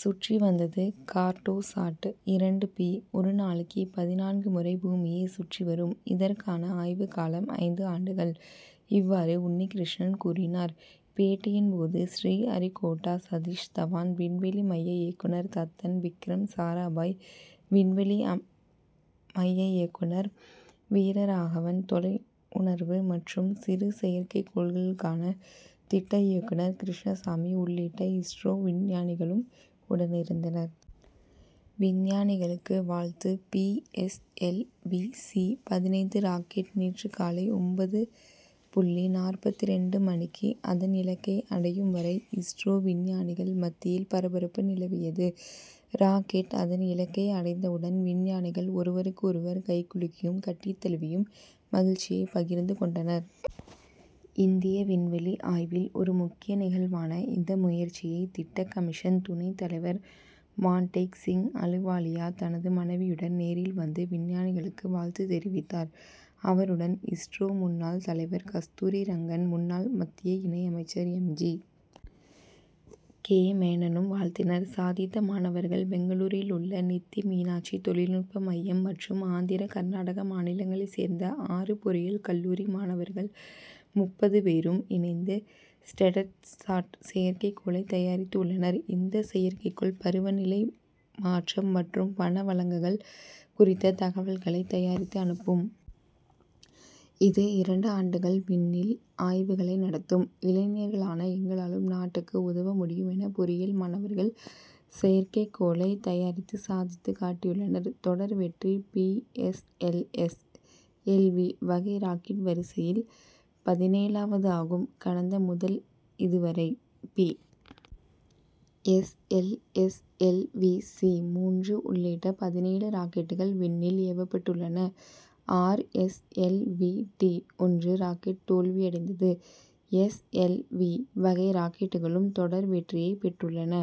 சுற்றி வந்தது. கார்டோசாட் இரண்டு பி ஒரு நாளைக்கு பதினான்கு முறை பூமியைச் சுற்றி வரும்; இதற்கான ஆய்வுக்காலம் ஐந்து ஆண்டுகள். இவ்வாறு உன்னிகிருஷ்ணன் கூறினார். பேட்டியின் போது ஸ்ரீஹரிகோட்டா சதீஷ் தவான் விண்வெளி மைய இயக்குனர் தத்தன், விக்ரம் சாராபாய் விண்வெளி மைய இயக்குனர் வீரராகவன், தொலை உணர்வு மற்றும் சிறு செயற்கைக்கோள்களுக்கான திட்ட இயக்குனர் கிருஷ்ணசாமி உள்ளிட்ட இஸ்ரோ விஞ்ஞானிகளும் உடனிருந்தனர். விஞ்ஞானிகளுக்கு வாழ்த்து பி. எஸ். எல். வி., சி-பதினைந்து ராக்கெட் நேற்று காலை ஒன்பது புள்ளி நாற்பத்திரண்டு மணிக்கு அதன் இலக்கை அடையும் வரை, இஸ்ரோ விஞ்ஞானிகள் மத்தியில் பரபரப்பு நிலவியது. ராக்கெட் அதன் இலக்கை அடைந்தவுடன், விஞ்ஞானிகள் ஒருவருக்கு ஒருவர் கைகுலுக்கியும், கட்டித் தழுவியும் மகிழ்ச்சியை பகிர்ந்து கொண்டனர். இந்திய விண்வெளி ஆய்வில் ஒரு முக்கிய நிகழ்வான இந்த முயற்சியை, திட்டக்கமிஷன் துணைத் தலைவர் மான்டேக் சிங் அலுவாலியா தனது மனைவியுடன் நேரில் வந்து, விஞ்ஞானிகளுக்கு வாழ்த்து தெரிவித்தார். அவருடன் இஸ்ரோ முன்னாள் தலைவர் கஸ்தூரி ரங்கன், முன்னாள் மத்திய இணை அமைச்சர் எம். ஜி. கே. மேனனும் வாழ்த்தினர். சாதித்த மாணவர்கள் பெங்களூரில் உள்ள நித்தி மீனாட்சி தொழில்நுட்ப மையம் மற்றும் ஆந்திர, கர்நாடக மாநிலங்களைச் சேர்ந்த ஆறு பொறியியல் கல்லூரி மாணவர்கள் முப்பது பேரும் இணைந்து, ஸ்டட்சாட் செயற்கைக்கோளை தயாரித்துள்ளனர். இந்த செயற்கைக்கோள், பருவ நிலை மாற்றம் மற்றும் வன வளங்கள் குறித்த தகவல்களைத் தயாரித்து அனுப்பும். இது, இரண்டு ஆண்டுகள் விண்ணில் ஆய்வுகளை நடத்தும். இளைஞர்களான எங்களாலும் நாட்டுக்கு உதவ முடியும் என பொறியியல் மாணவர்கள், செயற்கைக்கோளை தயாரித்து சாதித்துக் காட்டியுள்ளனர். தொடர் வெற்றி P. S. L. S. L. V., வகை ராக்கெட் வரிசையில் பதினேழாவது ஆகும். கடந்த முதல் இதுவரை, P. S. L. S. L. V., சி-மூன்று உள்ளிட்ட பதினேழு ராக்கெட்கள் விண்ணில் ஏவப்பட்டுள்ளன. R. S. L. V., D ஒன்று ராக்கெட் தோல்வியடைந்தது. எஸ். எல். வி., வகை ராக்கெட்களும் தொடர் வெற்றியைப் பெற்றுள்ளன.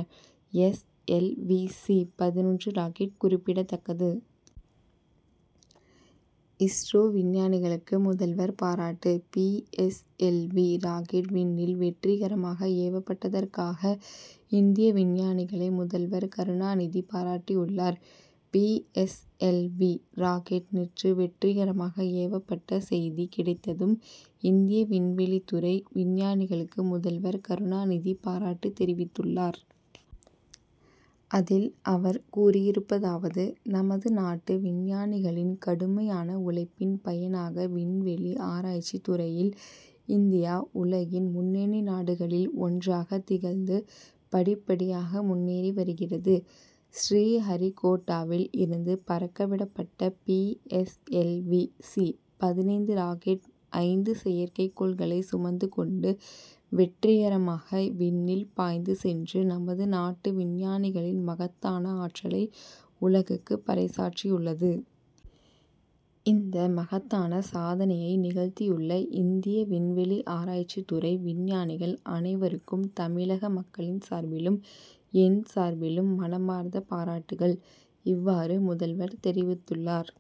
எஸ். எல். வி., சி-பதினொன்று ராக்கெட் குறிப்பிடத்தக்கது. இஸ்ரோ விஞ்ஞானிகளுக்கு முதல்வர் பாராட்டு P. S. L. V., rocket, விண்ணில் வெற்றிகரமாக ஏவப்பட்டதற்காக, இந்திய விஞ்ஞானிகளை முதல்வர் கருணாநிதி பாராட்டியுள்ளார். B. S. L. V., rocket நேற்று வெற்றிகரமாக ஏவப்பட்ட செய்தி கிடைத்ததும், இந்திய விண்வெளித் துறை விஞ்ஞானிகளுக்கு முதல்வர் கருணாநிதி பாராட்டு தெரிவித்துள்ளார். அதில் அவர் கூறியிருப்பதாவது நமது நாட்டு விஞ்ஞானிகளின் கடுமையான உழைப்பின் பயனாக விண்வெளி ஆராய்ச்சித் துறையில் இந்தியா உலகின் முன்னணி நாடுகளில் ஒன்றாக திகழ்ந்து, படிப்படியாக முன்னேறி வருகிறது. ஸ்ரீஹரிகோட்டாவில் இருந்து பறக்கவிடப்பட்ட P. S. L. V., C- பதினைந்து ராக்கெட் ஐந்து செயற்கைக்கோள்களைச் சுமந்து கொண்டு வெற்றிகரமாக விண்ணில் பாய்ந்து சென்று, நமது நாட்டு விஞ்ஞானிகளின் மகத்தான ஆற்றலை உலகுக்கு பறைசாற்றியுள்ளது. இந்த மகத்தான சாதனையை நிகழ்த்தியுள்ள இந்திய விண்வெளி ஆராய்ச்சித் துறை விஞ்ஞானிகள் அனைவருக்கும் தமிழக மக்களின் சார்பிலும், என் சார்பிலும் மனமார்ந்த பாராட்டுக்கள். இவ்வாறு முதல்வர் தெரிவித்துள்ளார்.